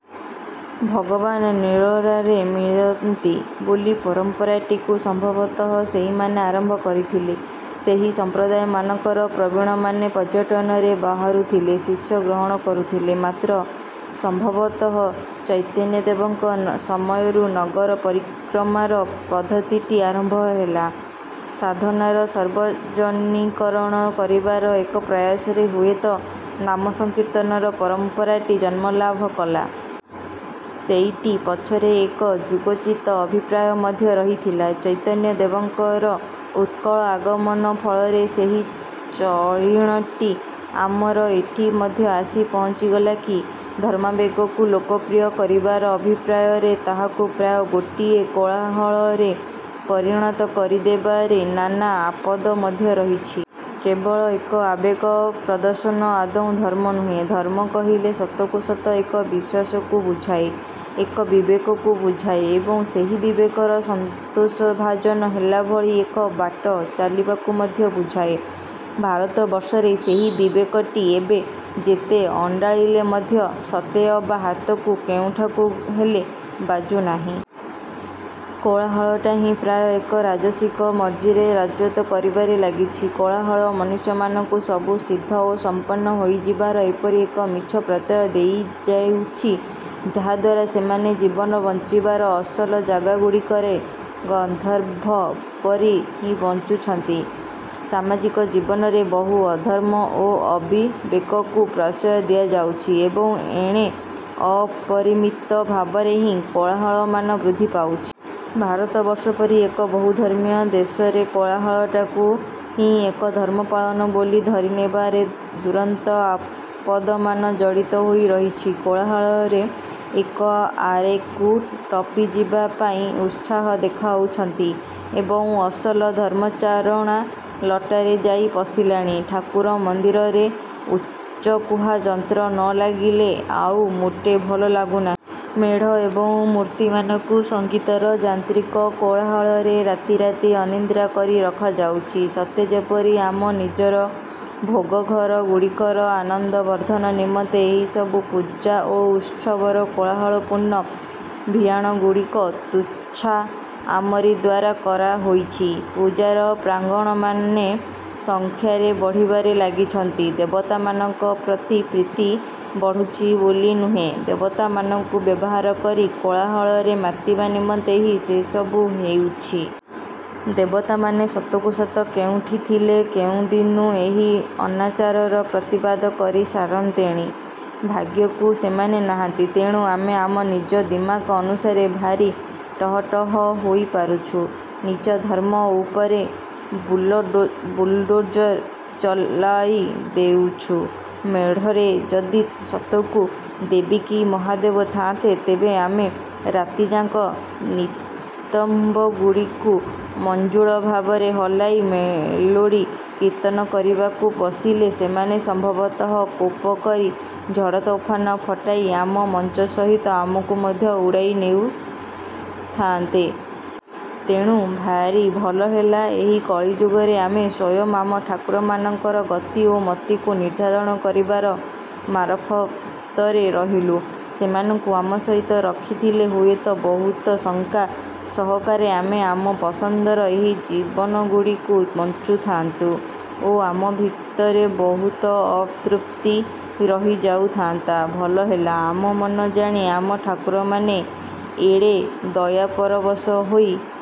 ଭଗବାନ ନିରୋଳାରେ ମିଳନ୍ତି ବୋଲି ପରମ୍ପରାଟିକୁ ସମ୍ଭବତଃ ସେଇମାନେ ଆରମ୍ଭ କରିଥିଲେ। ସେହି ସମ୍ପ୍ରଦାୟମାନଙ୍କର ପ୍ରବୀଣମାନେ ପର୍ଯ୍ୟଟନରେ ବାହାରୁଥିଲେ, ଶିଷ୍ୟ ଗ୍ରହଣ କରୁଥିଲେ। ମାତ୍ର ସମ୍ଭବତଃ ଚୈତନ୍ୟଦେବଙ୍କ ସମୟରୁ ନଗର ପରିକ୍ରମାର ପଦ୍ଧତିଟି ଆରମ୍ଭ ହେଲା। ସାଧନାର ସର୍ବଜନୀକରଣ କରିବାର ଏକ ପ୍ରୟାସରେ ହୁଏତ ନାମ ସଂକୀର୍ତ୍ତନର ପରମ୍ପରାଟି ଜନ୍ମଲାଭ କଲା-। ସେଇଟି ପଛରେ ଏକ ଯୁଗୋଚିତ ଅଭିପ୍ରାୟ ମଧ୍ୟ ରହିଥିଲା। ଚୈତନ୍ୟ ଦେବଙ୍କର ଉତ୍କଳ ଆଗମନ ଫଳରେ ସେହି ଚଳଣିଟି ଆମର ଏଠି ମଧ୍ୟ ଆସି ପହଞ୍ଚିଗଲା କି? ଧର୍ମାବେଗକୁ ଲୋକପ୍ରିୟ କରିବାର ଅଭିପ୍ରାୟରେ ତାହାକୁ ପ୍ରାୟ ଗୋଟିଏ କୋଳାହଳରେ ପରିଣତ କରିଦେବାରେ ନାନା ଆପଦ ମଧ୍ୟ ରହିଛି। କେବଳ ଏକ ଆବେଗ ପ୍ରଦର୍ଶନ ଆଦୌ ଧର୍ମ ନୁହେଁ। ଧର୍ମ କହିଲେ ସତକୁ ସତ ଏକ ବିଶ୍ୱାସକୁ ବୁଝାଏ, ଏକ ବିବେକକୁ ବୁଝାଏ ଏବଂ ସେହି ବିବେକର ସନ୍ତୋଷଭାଜନ ହେଲାଭଳି ଏକ ବାଟ ଚାଲିବାକୁ ମଧ୍ୟ ବୁଝାଏ। ଭାରତବର୍ଷରେ ସେହି ବିବେକଟି ଏବେ ଯେତେ ଅଣ୍ଡାଳିଲେ ମଧ୍ୟ ସତେଅବା ହାତକୁ କେଉଁଠାକୁ ହେଲେ ବାଜୁନାହିଁ। କୋଳାହଳଟା ହିଁ ପ୍ରାୟ ଏକ ରାଜସିକ ମର୍ଜିରେ ରାଜତ୍ୱ କରିବାରେ ଲାଗିଛି। କୋଳାହଳ ମନୁଷ୍ୟମାନଙ୍କୁ ସବୁ ସିଦ୍ଧ ଓ ସଂପନ୍ନ ହୋଇଯିବାର ଏପରି ଏକ ମିଛ ପ୍ରତ୍ୟୟ ଦେଇଯାଉଛି, ଯାହାଦ୍ୱାରା ସେମାନେ ଜୀବନ ବଂଚିବାର ଅସଲ ଜାଗାଗୁଡ଼ିକରେ ଗର୍ଦ୍ଦଭ ପରି ହିଁ ବଞ୍ଚୁଛନ୍ତି। ସାମାଜିକ ଜୀବନରେ ବହୁ ଅଧର୍ମ ଓ ଅବିବେକକୁ ପ୍ରଶ୍ରୟ ଦିଆଯାଉଛି ଏବଂ ଏଣେ ଅପରିମିତ ଭାବରେ ହିଁ କୋଳାହଳମାନ ବୃଦ୍ଧି ପାଉଛି। ଭାରତବର୍ଷ ପରି ଏକ ବହୁଧର୍ମୀୟ ଦେଶରେ କୋଳାହଳଟାକୁ ହିଁ ଏକ ଧର୍ମପାଳନ ବୋଲି ଧରିନେବାରେ ଦୁରନ୍ତ ଆପଦମାନ ଜଡ଼ିତ ହୋଇ ରହିଛି। କୋଳାହଳରେ ଏକ ଆରେକୁ ଟପିଯିବା ପାଇଁ ଉତ୍ସାହ ଦେଖାଉଛନ୍ତି ଏବଂ ଅସଲ ଧର୍ମଚାରଣା ଲଟାରେ ଯାଇ ପଶିଲାଣି। ଠାକୁର ମନ୍ଦିରରେ ଉଚ୍ଚକୁହା ଯନ୍ତ୍ର ନଲାଗିଲେ ଆଉ ମୋଟେ ଭଲ ଲାଗୁନାହିଁ। ମେଢ଼ ଏବଂ ମୂର୍ତ୍ତିମାନଙ୍କୁ ସଂଗୀତର ଯାନ୍ତ୍ରିକ କୋଳାହଳରେ ରାତି ରାତି ଅନିଦ୍ରା କରି ରଖାଯାଉଛି। ସତେ ଯେପରି ଆମ ନିଜର ଭୋଗଘର ଗୁଡ଼ିକର ଆନନ୍ଦବର୍ଦ୍ଧନ ନିମନ୍ତେ ଏହିସବୁ ପୂଜା ଓ ଉତ୍ସବର କୋଳାହଳପୂର୍ଣ୍ଣ ଭିଆଣଗୁଡ଼ିକ ତୁଚ୍ଛା ଆମରି ଦ୍ଵାରା କରାହୋଇଛି। ପୂଜାର ପ୍ରାଙ୍ଗଣମାନେ ସଂଖ୍ୟାରେ ବଢ଼ିବାରେ ଲାଗିଛନ୍ତି; ଦେବତାମାନଙ୍କ ପ୍ରତି ପ୍ରୀତି ବଢୁଛି ବୋଲି ନୁହେଁ, ଦେବତାମାନଙ୍କୁ ବ୍ୟବହାର କରି କୋଳାହଳରେ ମାତିବା ନିମନ୍ତେ ହିଁ ସେସବୁ ହେଉଛି। ଦେବତାମାନେ ସତକୁ ସତ କେଉଁଠି ଥିଲେ କେଉଁଦିନୁ ଏହି ଅନାଚାରର ପ୍ରତିବାଦ କରି ସାରନ୍ତେଣି। ଭାଗ୍ୟକୁ ସେମାନେ ନାହାନ୍ତି, ତେଣୁ ଆମେ ଆମ ନିଜ ଦିମାକ ଅନୁସାରେ ଭାରି ଟହଟହ ହୋଇପାରୁଛୁ, ନିଜର ଧର୍ମ ଉପରେ ବୁଲଡୋଜର ଚଲାଇ ଦେଉଛୁ। ମେଢ଼ରେ ଯଦି ସତକୁ ଦେବୀ କି ମହାଦେବ ଥାଆନ୍ତେ, ତେବେ ଆମେ ରାତିଯାକ ନିତମ୍ବଗୁଡ଼ିକୁ ମଞ୍ଜୁଳ ଭାବରେ ହଲାଇ ମେଲୋଡ଼ି କୀର୍ତ୍ତନ କରିବାକୁ ବସିଲେ ସେମାନେ ସମ୍ଭବତଃ କୋପ କରି ଝଡ଼ତୋଫାନ ପଠାଇ ଆମ ମଚଂ ସହିତ ଆମକୁ ମଧ୍ୟ ଉଡ଼ାଇ ନେଉଥାଆନ୍ତେ। ତେଣୁ ଭାରି ଭଲ ହେଲା, ଏହି କଳିଯୁଗରେ ଆମେ ସ୍ୱୟଂ ଆମ ଠାକୁରମାନଙ୍କର ଗତି ଓ ମତିକୁ ନିର୍ଦ୍ଧାରଣ କରିବାର ମାରଫତରେ ରହିଲୁ। ସେମାନଙ୍କୁ ଆମ ସହିତ ରଖିଥଲେ ହୁଏତ ବହୁତ ଶଙ୍କା ସହକାରେ ଆମେ ଆମ ପସନ୍ଦର ଏହି ଜୀବନଗୁଡ଼ିକୁ ବଂଚୁଥାଆନ୍ତୁ ଓ ଆମ ଭିତରେ ବହୁତ ଅତୃପ୍ତି ରହିଯାଉଥାଆନ୍ତା-। ଭଲହେଲା ଆମ ମନ ଜାଣି ଆମ ଠାକୁରମାନେ ଏଡ଼େ ଦୟାପରବଶ ହୋଇ